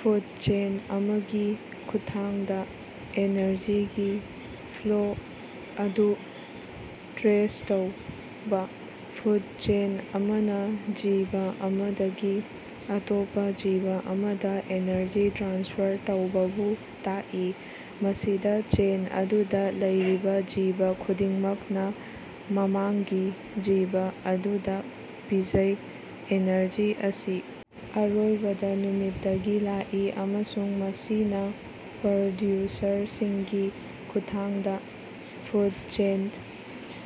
Food chain ꯑꯃꯒꯤ ꯈꯨꯠꯊꯥꯡꯗ ꯑꯦꯅꯔꯖꯤꯒꯤ ꯐ꯭ꯂꯣ ꯑꯗꯨ ꯇ꯭ꯔꯦꯁ ꯇꯧꯕ꯫ ꯐꯨꯗ ꯆꯦꯟ ꯑꯃꯅ ꯖꯤꯕ ꯑꯃꯗꯒꯤ ꯑꯇꯣꯞꯄ ꯖꯤꯕ ꯑꯃꯗ ꯑꯦꯅꯔꯖꯤ ꯇ꯭ꯔꯥꯟꯁꯐꯔ ꯇꯧꯕꯕꯨ ꯇꯥꯛꯏ, ꯃꯁꯤꯗ ꯆꯦꯟ ꯑꯗꯨꯗ ꯂꯩꯔꯤꯕ ꯖꯤꯕ ꯈꯨꯗꯤꯡꯃꯛꯅ ꯃꯃꯥꯡꯒꯤ ꯖꯤꯕ ꯑꯗꯨꯗ ꯄꯤꯖꯩ꯫ ꯑꯦꯅꯔꯖꯤ ꯑꯁꯤ ꯑꯔꯣꯏꯕꯗ ꯅꯨꯃꯤꯠꯇꯒꯤ ꯂꯥꯛꯏ, ꯑꯃꯁꯨꯡ ꯃꯁꯤꯅ ꯄ꯭ꯔꯗ꯭ꯌꯨꯁꯔꯁꯤꯡꯒꯤ ꯈꯨꯠꯊꯥꯡꯗ ꯐꯨꯗ ꯆꯦꯟꯗ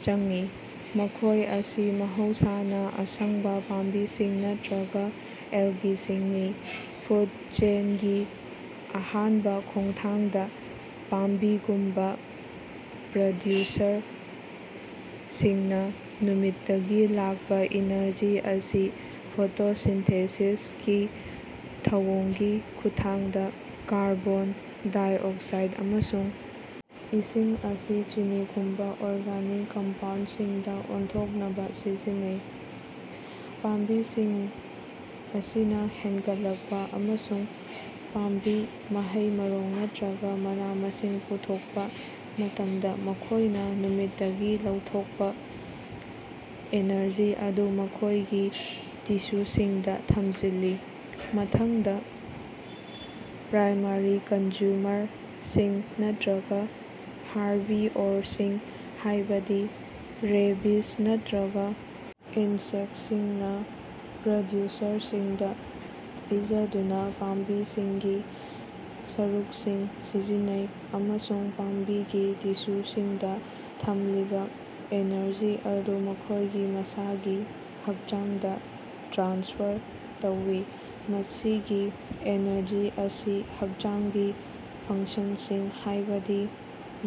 ꯆꯪꯏ, ꯃꯈꯣꯏ ꯑꯁꯤ ꯃꯍꯧꯁꯥꯅ ꯑꯁꯪꯕ ꯄꯥꯝꯕꯤꯁꯤꯡ ꯅꯠꯇ꯭ꯔꯒ ꯑꯦꯜꯒꯤꯁꯤꯡꯅꯤ꯫ ꯐꯨꯗ ꯆꯦꯟꯒꯤ ꯑꯍꯥꯟꯕ ꯈꯣꯡꯊꯥꯡꯗ, ꯄꯥꯝꯕꯤꯒꯨꯝꯕ ꯄ꯭ꯔꯗ꯭ꯌꯨꯁꯔꯁꯤꯡꯅ ꯅꯨꯃꯤꯠꯇꯒꯤ ꯂꯥꯛꯄ ꯏꯅꯔꯖꯤ ꯑꯁꯤ ꯐꯣꯇꯣꯁꯤꯟꯊꯦꯁꯤꯁꯀꯤ ꯊꯧꯑꯣꯡꯒꯤ ꯈꯨꯠꯊꯥꯡꯗ ꯀꯥꯔꯕꯣꯟ ꯗꯥꯏꯑꯣꯛꯁꯥꯏꯠ ꯑꯃꯁꯨꯡ ꯏꯁꯤꯡ ꯑꯁꯤ ꯆꯤꯅꯤꯒꯨꯝꯕ ꯑꯣꯔꯒꯥꯅꯤꯛ ꯀꯝꯄꯥꯎꯟꯠꯁꯤꯡꯗ ꯑꯣꯟꯊꯣꯛꯅꯕ ꯁꯤꯖꯤꯟꯅꯩ꯫ ꯄꯥꯝꯕꯤꯁꯤꯡ ꯑꯁꯤꯅ ꯍꯦꯟꯒꯠꯂꯛꯄ ꯑꯃꯁꯨꯡ ꯄꯥꯝꯕꯤ, ꯃꯍꯩ-ꯃꯔꯣꯡ ꯅꯠꯇ꯭ꯔꯒ ꯃꯅꯥ-ꯃꯁꯤꯡ ꯄꯨꯊꯣꯛꯄ ꯃꯇꯝꯗ, ꯃꯈꯣꯏꯅ ꯅꯨꯃꯤꯠꯇꯒꯤ ꯂꯧꯊꯣꯛꯄ ꯑꯦꯅꯔꯖꯤ ꯑꯗꯨ ꯃꯈꯣꯏꯒꯤ ꯇꯤꯁꯨꯁꯤꯡꯗ ꯊꯝꯖꯤꯜꯂꯤ꯫ ꯃꯊꯪꯗ, ꯄ꯭ꯔꯥꯏꯃꯥꯔꯤ ꯀꯟꯖꯨꯃꯔꯁꯤꯡ ꯅꯠꯇ꯭ꯔꯒ ꯍꯥꯔꯕꯤꯑꯣꯔꯁꯤꯡ, ꯍꯥꯏꯕꯗꯤ ꯔꯦꯕꯤꯖ ꯅꯠꯇ꯭ꯔꯒ ꯏꯟꯁꯦꯛꯁꯤꯡꯅ ꯄ꯭ꯔꯗ꯭ꯌꯨꯁꯔꯁꯤꯡꯗ ꯄꯤꯖꯗꯨꯅ, ꯄꯥꯝꯕꯤꯁꯤꯡꯒꯤ ꯁꯔꯨꯛꯁꯤꯡ ꯁꯤꯖꯤꯟꯅꯩ ꯑꯃꯁꯨꯡ ꯄꯥꯝꯕꯤꯒꯤ ꯇꯤꯁꯨꯁꯤꯡꯗ ꯊꯝꯂꯤꯕ ꯑꯦꯅꯔꯖꯤ ꯑꯗꯨ ꯃꯈꯣꯏꯒꯤ ꯃꯁꯥꯒꯤ ꯍꯛꯆꯥꯡꯗ ꯇ꯭ꯔꯥꯟꯁꯐꯔ ꯇꯧꯏ꯫ ꯃꯁꯤꯒꯤ ꯑꯦꯅꯔꯖꯤ ꯑꯁꯤ ꯍꯛꯆꯥꯡꯒꯤ ꯐꯪꯁꯟꯁꯤꯡ ꯍꯥꯏꯕꯗꯤ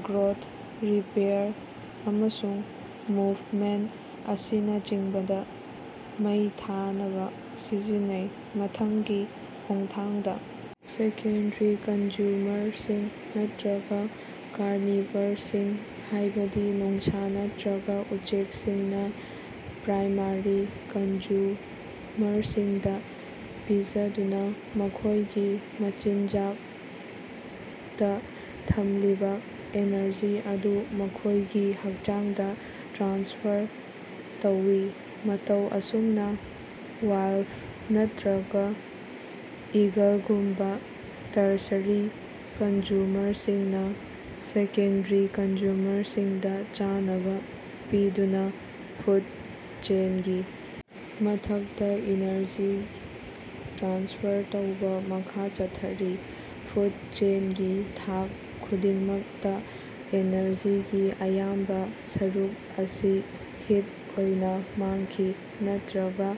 ꯒ꯭ꯔꯣꯗ, ꯔꯤꯄꯦꯌꯥꯔ ꯑꯃꯁꯨꯡ ꯃꯨꯚꯃꯦꯟ ꯑꯁꯤꯅꯆꯤꯡꯕꯗ ꯃꯩ ꯊꯥꯅꯕ ꯁꯤꯖꯤꯟꯅꯩ꯫ ꯃꯊꯪꯒꯤ ꯈꯣꯡꯊꯥꯡꯗ, ꯁꯦꯀꯦꯟꯗꯔꯤ ꯀꯟꯖꯨꯃꯔꯁꯤꯡ ꯅꯠꯇ꯭ꯔꯒ ꯀꯥꯔꯅꯤꯚꯔꯁꯤꯡ, ꯍꯥꯏꯕꯗꯤ ꯅꯣꯡꯁꯥ ꯅꯠꯇ꯭ꯔꯒ ꯎꯆꯦꯛꯁꯤꯡꯅ ꯄ꯭ꯔꯥꯏꯃꯥꯔꯤ ꯀꯟꯖꯨꯃꯔꯁꯤꯡꯗ ꯄꯤꯖꯗꯨꯅ ꯃꯈꯣꯏꯒꯤ ꯃꯆꯤꯟꯖꯥꯛꯇ ꯊꯝꯂꯤꯕ ꯑꯦꯅꯔꯖꯤ ꯑꯗꯨ ꯃꯈꯣꯏꯒꯤ ꯍꯛꯆꯥꯡꯗ ꯇ꯭ꯔꯥꯟꯁꯐꯔ ꯇꯧꯏ꯫ ꯃꯇꯧ ꯑꯁꯨꯝꯅ, ꯋꯥꯜꯐ ꯅꯠꯇꯔꯒꯥ ꯏꯒꯜꯒꯨꯝꯕ ꯇꯔꯁꯔꯤ ꯀꯟꯖꯨꯃꯔꯁꯤꯡꯅ ꯁꯦꯀꯦꯟꯗꯔꯤ ꯀꯟꯖꯨꯃꯔꯁꯤꯡꯗ ꯆꯥꯅꯕ ꯄꯤꯗꯨꯅ ꯐꯨꯗ ꯆꯦꯟꯒꯤ ꯃꯊꯛꯇ ꯏꯅꯔꯖꯤ ꯇ꯭ꯔꯥꯟꯁꯐꯔ ꯇꯧꯕ ꯃꯈꯥ ꯆꯠꯊꯔꯤ꯫ ꯐꯨꯗ ꯆꯦꯟꯒꯤ ꯊꯥꯛ ꯈꯨꯗꯤꯡꯃꯛꯇ, ꯑꯦꯅꯔꯖꯤꯒꯤ ꯑꯌꯥꯝꯕ ꯁꯔꯨꯛ ꯑꯁꯤ ꯍꯤꯠ ꯑꯣꯏꯅ ꯃꯥꯡꯈꯤ ꯅꯠꯇ꯭ꯔꯒ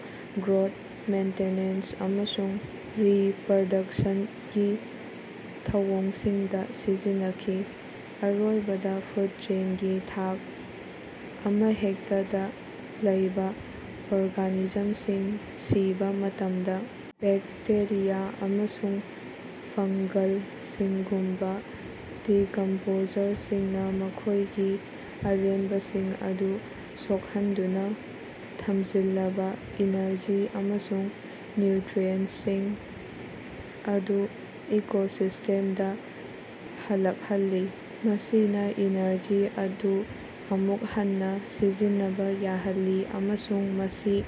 ꯒ꯭ꯔꯣꯠ, ꯃꯦꯟꯇꯦꯅꯦꯟꯁ ꯑꯃꯁꯨꯡ ꯔꯤꯄꯔꯗꯛꯁꯟꯒꯤ ꯊꯧꯑꯣꯡꯁꯤꯡꯗ ꯁꯤꯖꯤꯟꯅꯈꯤ꯫ ꯑꯔꯣꯏꯕꯗ, ꯐꯨꯗ ꯆꯦꯟꯒꯤ ꯊꯥꯛ ꯑꯃꯍꯦꯛꯇꯗ ꯂꯩꯕ ꯑꯣꯔꯒꯥꯅꯤꯖꯝꯁꯤꯡ ꯁꯤꯕ ꯃꯇꯝꯗ, ꯕꯦꯛꯇꯦꯔꯤꯌꯥ ꯑꯃꯁꯨꯡ ꯐꯪꯒꯜꯁꯤꯡꯒꯨꯝꯕ ꯗꯤꯀꯝꯄꯣꯖꯔꯁꯤꯡꯅ ꯃꯈꯣꯏꯒꯤ ꯑꯔꯦꯝꯕꯁꯤꯡ ꯑꯗꯨ ꯁꯣꯛꯍꯟꯗꯨꯅ ꯊꯝꯖꯤꯜꯂꯕ ꯏꯅꯔꯖꯤ ꯑꯃꯁꯨꯡ ꯅ꯭ꯌꯨꯇ꯭ꯔꯤꯑꯦꯟꯁꯤꯡ ꯑꯗꯨ ꯏꯀꯣꯁꯤꯁ꯭ꯇꯦꯝꯗ ꯍꯜꯂꯛꯍꯜꯂꯤ꯫ ꯃꯁꯤꯅ ꯏꯅꯔꯖꯤ ꯑꯗꯨ ꯑꯃꯨꯛ ꯍꯟꯅ ꯁꯤꯖꯤꯟꯅꯕ ꯌꯥꯍꯜꯂꯤ, ꯑꯃꯁꯨꯡ ꯃꯁꯤ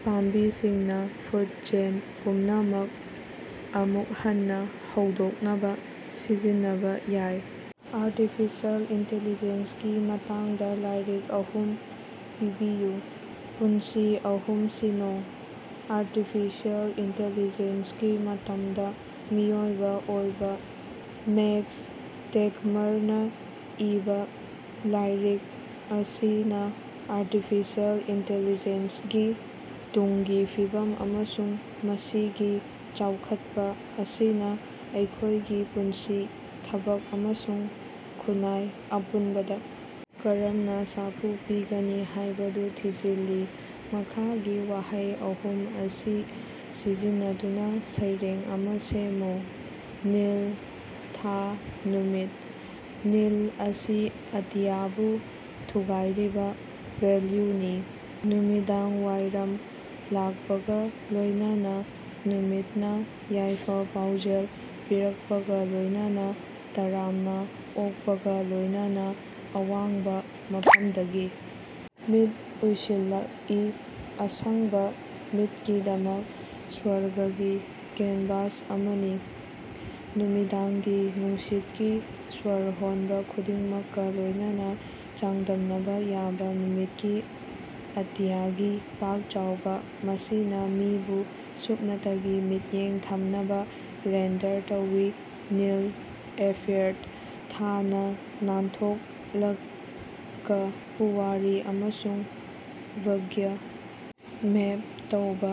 ꯄꯥꯝꯕꯤꯁꯤꯡꯅ ꯐꯨꯗ ꯆꯦꯟ ꯄꯨꯝꯅꯃꯛ ꯑꯃꯨꯛ ꯍꯟꯅ ꯍꯧꯗꯣꯛꯅꯕ ꯁꯤꯖꯤꯟꯅꯕ ꯌꯥꯏ꯫ ꯑꯥꯔꯇꯤꯐꯤꯁꯤꯑꯦꯜ ꯏꯟꯇꯦꯂꯤꯖꯦꯟꯁꯀꯤ ꯃꯇꯥꯡꯗ ꯂꯥꯏꯔꯤꯛ ꯑꯍꯨꯝ ꯄꯤꯕꯤꯌꯨ꯫ ꯄꯨꯟꯁꯤ ꯑꯍꯨꯝ ꯁꯤꯅ‌ꯣ: ꯑꯥꯔꯇꯤꯐꯤꯁꯤꯑꯦꯜ ꯏꯟꯇꯦꯂꯤꯖꯦꯟꯁꯀꯤ ꯃꯇꯝꯗ ꯃꯤꯑꯣꯏꯕ ꯑꯣꯏꯕ ꯃꯦꯛꯁ ꯇꯦꯒꯃꯥꯔꯅ ꯏꯕꯥ: ꯂꯥꯏꯔꯤꯛ ꯑꯁꯤꯅ ꯑꯥꯔꯇꯤꯐꯤꯁꯤꯑꯦꯜ ꯏꯟꯇꯦꯂꯤꯖꯦꯟꯁꯒꯤ ꯇꯨꯡꯒꯤ ꯐꯤꯕꯝ ꯑꯃꯁꯨꯡ ꯃꯁꯤꯒꯤ ꯆꯥꯎꯈꯠꯄ ꯑꯁꯤꯅ ꯑꯩꯈꯣꯏꯒꯤ ꯄꯨꯟꯁꯤ, ꯊꯕꯛ ꯑꯃꯁꯨꯡ ꯈꯨꯟꯅꯥꯏ ꯑꯄꯨꯟꯕꯗ ꯀꯔꯝꯅ ꯁꯥꯐꯨ ꯄꯤꯒꯅꯤ ꯍꯥꯏꯕꯗꯨ ꯊꯤꯖꯤꯜꯂꯤ꯫ ꯃꯈꯥꯒꯤ ꯋꯥꯍꯩ ꯑꯍꯨꯝ ꯑꯁꯤ ꯁꯤꯖꯤꯟꯅꯗꯨꯅ ꯁꯩꯔꯦꯡ ꯑꯃ ꯁꯦꯝꯃꯨ: ꯅꯤꯜ, ꯊꯥ, ꯅꯨꯃꯤꯠ꯫ ꯅꯤꯜ ꯑꯁꯤ ꯑꯇꯤꯌꯥꯕꯨ ꯊꯨꯒꯥꯏꯔꯤꯕ ꯚꯦꯜꯌꯨꯅꯤ, ꯅꯨꯃꯤꯗꯥꯡꯋꯥꯏꯔꯝ ꯂꯥꯛꯄꯒ ꯂꯣꯏꯅꯅ ꯅꯨꯃꯤꯠꯅ ꯌꯥꯏꯐ-ꯄꯥꯎꯖꯦꯜ ꯄꯤꯔꯛꯄꯒ ꯂꯣꯏꯅꯅ, ꯇꯔꯥꯝꯅꯥ ꯑꯣꯛꯄꯒ ꯂꯣꯏꯅꯅ ꯑꯋꯥꯡꯕ ꯃꯐꯝꯗꯒꯤ ꯃꯤꯠ ꯎꯏꯁꯤꯜꯂꯛꯏ, ꯑꯁꯪꯕ ꯃꯤꯠꯀꯤꯗꯃꯛ ꯁ꯭ꯋꯔꯒꯒꯤ ꯀꯦꯟꯚꯥꯁ ꯑꯃꯅꯤ꯫ ꯅꯨꯃꯤꯗꯥꯡꯒꯤ ꯅꯨꯡꯁꯤꯠꯀꯤ ꯁ꯭ꯋꯔ ꯍꯣꯟꯕ ꯈꯨꯗꯤꯡꯃꯛꯀ ꯂꯣꯏꯅꯅ, ꯆꯥꯡꯗꯝꯅꯕ ꯌꯥꯗꯕ ꯅꯨꯃꯤꯠꯀꯤ ꯑꯇꯤꯌꯥꯒꯤ ꯄꯥꯛ ꯆꯥꯎꯕ, ꯃꯁꯤꯅ ꯃꯤꯕꯨ ꯁꯨꯞꯅꯇꯒꯤ ꯃꯤꯠꯌꯦꯡ ꯊꯝꯅꯕ ꯔꯦꯟꯗꯔ ꯇꯧꯏ, ꯅꯤꯜ ꯑꯦꯐꯦꯌꯥꯔꯗ ꯊꯥꯅꯥ ꯅꯥꯟꯊꯣꯛꯂꯛꯒ, ꯄꯨꯋꯥꯔꯤ ꯑꯃꯁꯨꯡ ꯚꯥꯒ꯭ꯌ ꯃꯦꯞ ꯇꯧꯕ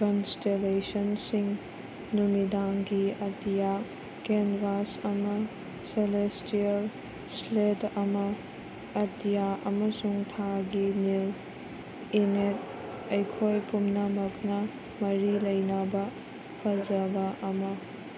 ꯀꯟꯁꯇꯦꯂꯦꯁꯟꯁꯤꯡ, ꯅꯨꯃꯤꯗꯥꯡꯒꯤ ꯑꯇꯤꯌꯥ ꯀꯦꯟꯚꯥꯁ ꯑꯃ, ꯁꯦꯂꯦꯁ꯭ꯇꯤꯑꯦꯜ ꯁ꯭ꯂꯦꯠ ꯑꯃ, ꯑꯇꯤꯌꯥ ꯑꯃꯁꯨꯡ ꯊꯥꯒꯤ ꯅꯤꯜ ꯏꯟꯅꯦꯠ, ꯑꯩꯈꯣꯏ ꯄꯨꯝꯅꯃꯛꯅ ꯃꯔꯤ ꯂꯩꯅꯕ ꯐꯖꯕꯥ ꯑꯃ꯫